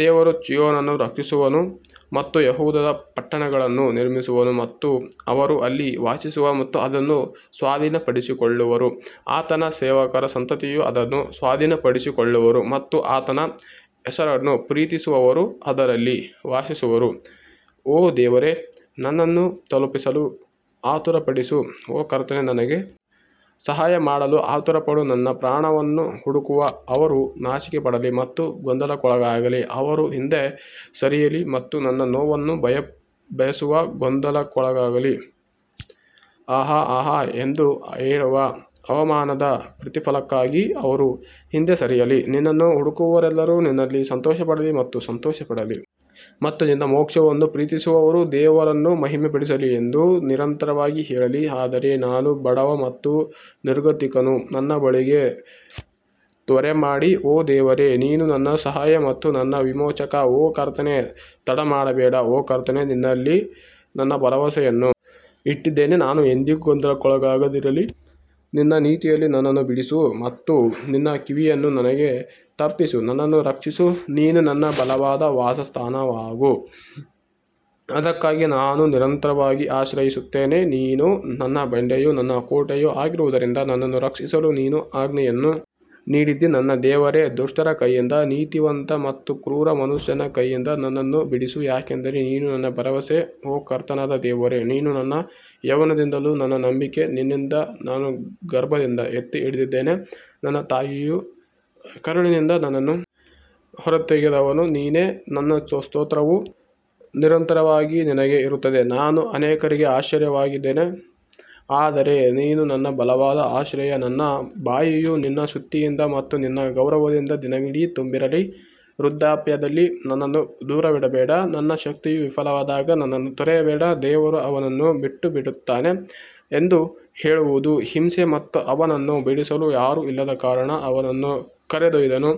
ದೇವರು ಚೀಯೋನನ್ನು ರಕ್ಷಿಸುವನು ಮತ್ತು ಯೆಹೂದದ ಪಟ್ಟಣಗಳನ್ನು ನಿರ್ಮಿಸುವನು ಮತ್ತು ಅವರು ಅಲ್ಲಿ ವಾಸಿಸುವ ಮತ್ತು ಅದನ್ನು ಸ್ವಾಧೀನಪಡಿಸಿಕೊಳ್ಳುವರು. ಆತನ ಸೇವಕರ ಸಂತತಿಯೂ ಅದನ್ನು ಸ್ವಾಧೀನಪಡಿಸಿಕೊಳ್ಳುವರು ಮತ್ತು ಆತನ ಹೆಸರನ್ನು ಪ್ರೀತಿಸುವವರು ಅದರಲ್ಲಿ ವಾಸಿಸುವರು ಓ ದೇವರೇ ನನ್ನನ್ನು ತಲುಪಿಸಲು ಆತುರಪಡಿಸು ಓ ಕರ್ತನೇ ನನಗೆ ಸಹಾಯ ಮಾಡಲು ಆತುರಪಡು ನನ್ನ ಪ್ರಾಣವನ್ನು ಹುಡುಕುವ ಅವರು ನಾಚಿಕೆಪಡಲಿ ಮತ್ತು ಗೊಂದಲಕ್ಕೊಳಗಾಗಲಿ, ಅವರು ಹಿಂದೆ ಸರಿಯಲಿ ಮತ್ತು ನನ್ನ ನೋವನ್ನು ಬಯಸುವ ಗೊಂದಲಕ್ಕೊಳಗಾಗಲಿ ಆಹಾ ಆಹಾ ಎಂದು ಹೇಳುವ ಅವಮಾನದ ಪ್ರತಿಫಲಕ್ಕಾಗಿ ಅವರು ಹಿಂದೆ ಸರಿಯಲಿ ನಿನ್ನನ್ನು ಹುಡುಕುವವರೆಲ್ಲರೂ ನಿನ್ನಲ್ಲಿ ಸಂತೋಷಪಡಲಿ ಮತ್ತು ಸಂತೋಷಪಡಲಿ ಮತ್ತು ನಿನ್ನ ಮೋಕ್ಷವನ್ನು ಪ್ರೀತಿಸುವವರು ದೇವರನ್ನು ಮಹಿಮೆಪಡಿಸಲಿ ಎಂದು ನಿರಂತರವಾಗಿ ಹೇಳಲಿ ಆದರೆ ನಾನು ಬಡವ ಮತ್ತು ನಿರ್ಗತಿಕನು ನನ್ನ ಬಳಿಗೆ ತ್ವರೆಮಾಡಿ ಓ ದೇವರೇ ನೀನು ನನ್ನ ಸಹಾಯ ಮತ್ತು ನನ್ನ ವಿಮೋಚಕ ಓ ಕರ್ತನೇ ತಡಮಾಡಬೇಡ ಓ ಕರ್ತನೇ ನಿನ್ನಲ್ಲಿ ನನ್ನ ಭರವಸೆಯನ್ನು ಇಟ್ಟಿದ್ದೇನೆ ನಾನು ಎಂದಿಗೂ ಗೊಂದಲಕ್ಕೊಳಗಾಗದಿರಲಿ ನಿನ್ನ ನೀತಿಯಲ್ಲಿ ನನ್ನನ್ನು ಬಿಡಿಸು ಮತ್ತು ನಿನ್ನ ಕಿವಿಯನ್ನು ನನಗೆ ತಪ್ಪಿಸಿ ನನ್ನನ್ನು ರಕ್ಷಿಸು ನೀನು ನನ್ನ ಬಲವಾದ ವಾಸಸ್ಥಾನವಾಗು, ಅದಕ್ಕಾಗಿ ನಾನು ನಿರಂತರವಾಗಿ ಆಶ್ರಯಿಸುತ್ತೇನೆ, ನೀನು ನನ್ನ ಬಂಡೆಯೂ ನನ್ನ ಕೋಟೆಯೂ ಆಗಿರುವುದರಿಂದ ನನ್ನನ್ನು ರಕ್ಷಿಸಲು ನೀನು ಆಜ್ಞೆಯನ್ನು ನೀಡಿದ್ದೀ ನನ್ನ ದೇವರೇ, ದುಷ್ಟರ ಕೈಯಿಂದ ಅನೀತಿವಂತ ಮತ್ತು ಕ್ರೂರ ಮನುಷ್ಯನ ಕೈಯಿಂದ ನನ್ನನ್ನು ಬಿಡಿಸು ಯಾಕಂದರೆ ನೀನು ನನ್ನ ಭರವಸೆ ಓ ಕರ್ತನಾದ ದೇವರೇ ನೀನು ನನ್ನ ಯೌವನದಿಂದಲೂ ನನ್ನ ನಂಬಿಕೆ ನಿನ್ನಿಂದ ನಾನು ಗರ್ಭದಿಂದ ಎತ್ತಿ ಹಿಡಿದಿದ್ದೇನೆ ನನ್ನ ತಾಯಿಯ ಕರುಳಿನಿಂದ ನನ್ನನ್ನು ಹೊರತೆಗೆದವನು ನೀನೇ ನನ್ನ ಸ್ತೋತ್ರವು ನಿರಂತರವಾಗಿ ನಿನಗೆ ಇರುತ್ತದೆ ನಾನು ಅನೇಕರಿಗೆ ಆಶ್ಚರ್ಯವಾಗಿದ್ದೇನೆ ಆದರೆ ನೀನು ನನ್ನ ಬಲವಾದ ಆಶ್ರಯ ನನ್ನ ಬಾಯಿಯು ನಿನ್ನ ಸ್ತುತಿಯಿಂದ ಮತ್ತು ನಿನ್ನ ಗೌರವದಿಂದ ದಿನವಿಡೀ ತುಂಬಿರಲಿ ವೃದ್ಧಾಪ್ಯದಲ್ಲಿ ನನ್ನನ್ನು ದೂರವಿಡಬೇಡ ನನ್ನ ಶಕ್ತಿಯು ವಿಫಲವಾದಾಗ ನನ್ನನ್ನು ತೊರೆಯಬೇಡ ದೇವರು ಅವನನ್ನು ಬಿಟ್ಟುಬಿಟ್ಟಿದ್ದಾನೆ ಎಂದು ಹೇಳುವುದು ಹಿಂಸೆ ಮತ್ತು ಅವನನ್ನು ಬಿಡಿಸಲು ಯಾರೂ ಇಲ್ಲದ ಕಾರಣ ಅವನನ್ನು ಕರೆದೊಯ್ದನು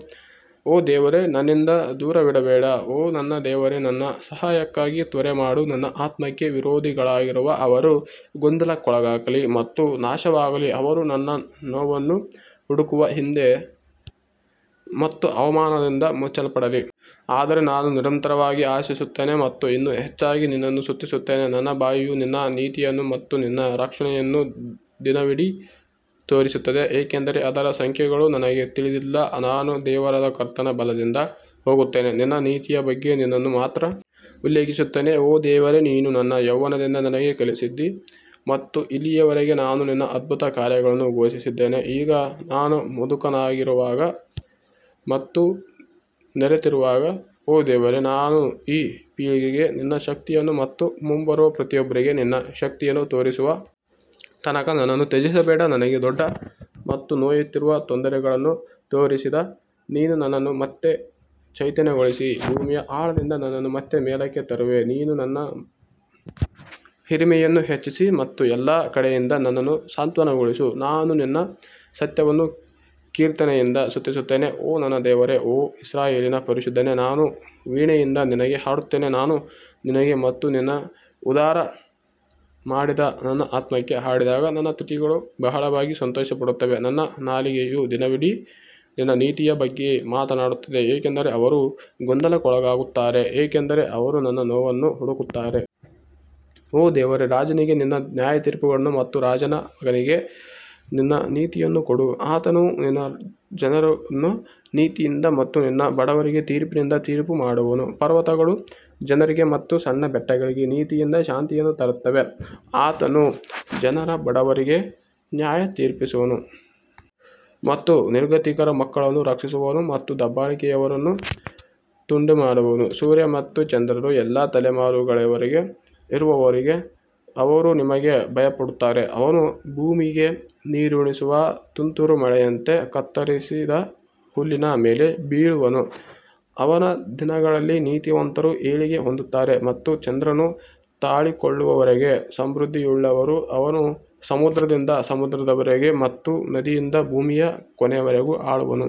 ಓ ದೇವರೇ ನನ್ನಿಂದ ದೂರವಿರಬೇಡ ಓ ನನ್ನ ದೇವರೇ ನನ್ನ ಸಹಾಯಕ್ಕಾಗಿ ತ್ವರೆ ಮಾಡು ನನ್ನ ಆತ್ಮಕ್ಕೆ ವಿರೋಧಿಗಳಾಗಿರುವ ಅವರು ಗೊಂದಲಕ್ಕೊಳಗಾಗಲಿ ಮತ್ತು ನಾಶವಾಗಲಿ, ಅವರು ನನ್ನ ನೋವನ್ನು ಹುಡುಕುವ ನಿಂದೆ ಮತ್ತು ಅವಮಾನದಿಂದ ಮುಚ್ಚಲ್ಪಡಲಿ. ಆದರೆ ನಾನು ನಿರಂತರವಾಗಿ ಆಶಿಸುತ್ತೇನೆ ಮತ್ತು ಇನ್ನೂ ಹೆಚ್ಚಾಗಿ ನಿನ್ನನ್ನು ಸ್ತುತಿಸುತ್ತೇನೆ ನನ್ನ ಬಾಯಿಯು ನಿನ್ನ ನೀತಿಯನ್ನು ಮತ್ತು ನಿನ್ನ ರಕ್ಷಣೆಯನ್ನು ದಿನವಿಡೀ ತೋರಿಸುತ್ತದೆ, ಏಕೆಂದರೆ ಅದರ ಸಂಖ್ಯೆಗಳು ನನಗೆ ತಿಳಿದಿಲ್ಲ. ನಾನು ದೇವರಾದ ಕರ್ತನ ಬಲದಿಂದ ಹೋಗುತ್ತೇನೆ, ನಿನ್ನ ನೀತಿಯ ಬಗ್ಗೆ ನಿನ್ನನ್ನು ಮಾತ್ರ ಉಲ್ಲೇಖಿಸುತ್ತೇನೆ ಓ ದೇವರೇ, ನೀನು ನನ್ನ ಯೌವನದಿಂದ ನನಗೆ ಕಲಿಸಿದ್ದೀ ಮತ್ತು ಇಲ್ಲಿಯವರೆಗೆ ನಾನು ನಿನ್ನ ಅದ್ಭುತ ಕಾರ್ಯಗಳನ್ನು ಘೋಷಿಸಿದ್ದೇನೆ ಈಗ ನಾನು ಮುದುಕನಾಗಿರುವಾಗ ಮತ್ತು ನರೆತಿರುವಾಗ ಓ ದೇವರೇ, ನಾನು ಈ ಪೀಳಿಗೆಗೆ ನಿನ್ನ ಶಕ್ತಿಯನ್ನು ಮತ್ತು ಮುಂಬರುವ ಪ್ರತಿಯೊಬ್ಬರಿಗೆ ನಿನ್ನ ಶಕ್ತಿಯನ್ನು ತೋರಿಸುವ ತನಕ ನನ್ನನ್ನು ತ್ಯಜಿಸಬೇಡ ನನಗೆ ದೊಡ್ಡ ಮತ್ತು ನೋಯುತ್ತಿರುವ ತೊಂದರೆಗಳನ್ನು ತೋರಿಸಿದ ನೀನು ನನ್ನನ್ನು ಮತ್ತೆ ಚೈತನ್ಯಗೊಳಿಸಿ ಭೂಮಿಯ ಆಳದಿಂದ ನನ್ನನ್ನು ಮತ್ತೆ ಮೇಲಕ್ಕೆ ತರುವೆ ನೀನು ನನ್ನ ಹಿರಿಮೆಯನ್ನು ಹೆಚ್ಚಿಸಿ ಮತ್ತು ಎಲ್ಲಾ ಕಡೆಯಿಂದ ನನ್ನನ್ನು ಸಾಂತ್ವನಗೊಳಿಸು ನಾನು ನಿನ್ನ ಸತ್ಯವನ್ನು ಕೀರ್ತನೆಯಿಂದ ಸ್ತುತಿಸುತ್ತೇನೆ ಓ ನನ್ನ ದೇವರೇ, ಓ ಇಸ್ರಾಯೇಲಿನ ಪರಿಶುದ್ಧನೇ, ನಾನು ವೀಣೆಯಿಂದ ನಿನಗೆ ಹಾಡುತ್ತೇನೆ ನಾನು ನಿನಗೆ ಮತ್ತು ನೀನು ಉದ್ಧಾರ ಮಾಡಿದ ನನ್ನ ಆತ್ಮಕ್ಕೆ ಹಾಡಿದಾಗ ನನ್ನ ತುಟಿಗಳು ಬಹಳವಾಗಿ ಸಂತೋಷಪಡುತ್ತವೆ ನನ್ನ ನಾಲಿಗೆಯು ದಿನವಿಡೀ ನಿನ್ನ ನೀತಿಯ ಬಗ್ಗೆ ಮಾತನಾಡುತ್ತದೆ ಏಕೆಂದರೆ ಅವರು ಗೊಂದಲಕ್ಕೊಳಗಾಗುತ್ತಾರೆ, ಏಕೆಂದರೆ ಅವರು ನನ್ನ ನೋವನ್ನು ಹುಡುಕುತ್ತಾರೆ. ಓ ದೇವರೇ, ರಾಜನಿಗೆ ನಿನ್ನ ನ್ಯಾಯತೀರ್ಪುಗಳನ್ನು ಮತ್ತು ರಾಜನ ಮಗನಿಗೆ ನಿನ್ನ ನೀತಿಯನ್ನು ಕೊಡು ಆತನು ನಿನ್ನ ಜನರನ್ನು ನೀತಿಯಿಂದ ಮತ್ತು ನಿನ್ನ ಬಡವರಿಗೆ ತೀರ್ಪಿನಿಂದ ತೀರ್ಪು ಮಾಡುವನು ಪರ್ವತಗಳು ಜನರಿಗೆ ಮತ್ತು ಸಣ್ಣ ಬೆಟ್ಟಗಳಿಗೆ ನೀತಿಯಿಂದ ಶಾಂತಿಯನ್ನು ತರುತ್ತವೆ ಆತನು ಜನರ ಬಡವರಿಗೆ ನ್ಯಾಯತೀರಿಸುವನು ಮತ್ತು ನಿರ್ಗತಿಕರ ಮಕ್ಕಳನ್ನು ರಕ್ಷಿಸುವನು ಮತ್ತು ದಬ್ಬಾಳಿಕೆಯವರನ್ನು ತುಂಡುಮಾಡುವನು ಸೂರ್ಯ ಮತ್ತು ಚಂದ್ರರು ಎಲ್ಲಾ ತಲೆಮಾರುಗಳವರೆಗೆ ಇರುವವರೆಗೂ ಅವರು ನಿಮಗೆ ಭಯಪಡುತ್ತಾರೆ ಅವನು ಭೂಮಿಗೆ ನೀರುಣಿಸುವ ತುಂತುರು ಮಳೆಯಂತೆ ಕತ್ತರಿಸಿದ ಹುಲ್ಲಿನ ಮೇಲೆ ಬೀಳುವನು ಅವನ ದಿನಗಳಲ್ಲಿ ನೀತಿವಂತರು ಏಳಿಗೆ ಹೊಂದುತ್ತಾರೆ ಮತ್ತು ಚಂದ್ರನು ತಾಳಿಕೊಳ್ಳುವವರೆಗೆ ಸಮೃದ್ಧಿಯುಳ್ಳವರು ಅವನು ಸಮುದ್ರದಿಂದ ಸಮುದ್ರದವರೆಗೆ ಮತ್ತು ನದಿಯಿಂದ ಭೂಮಿಯ ಕೊನೆಯವರೆಗೂ ಆಳುವನು.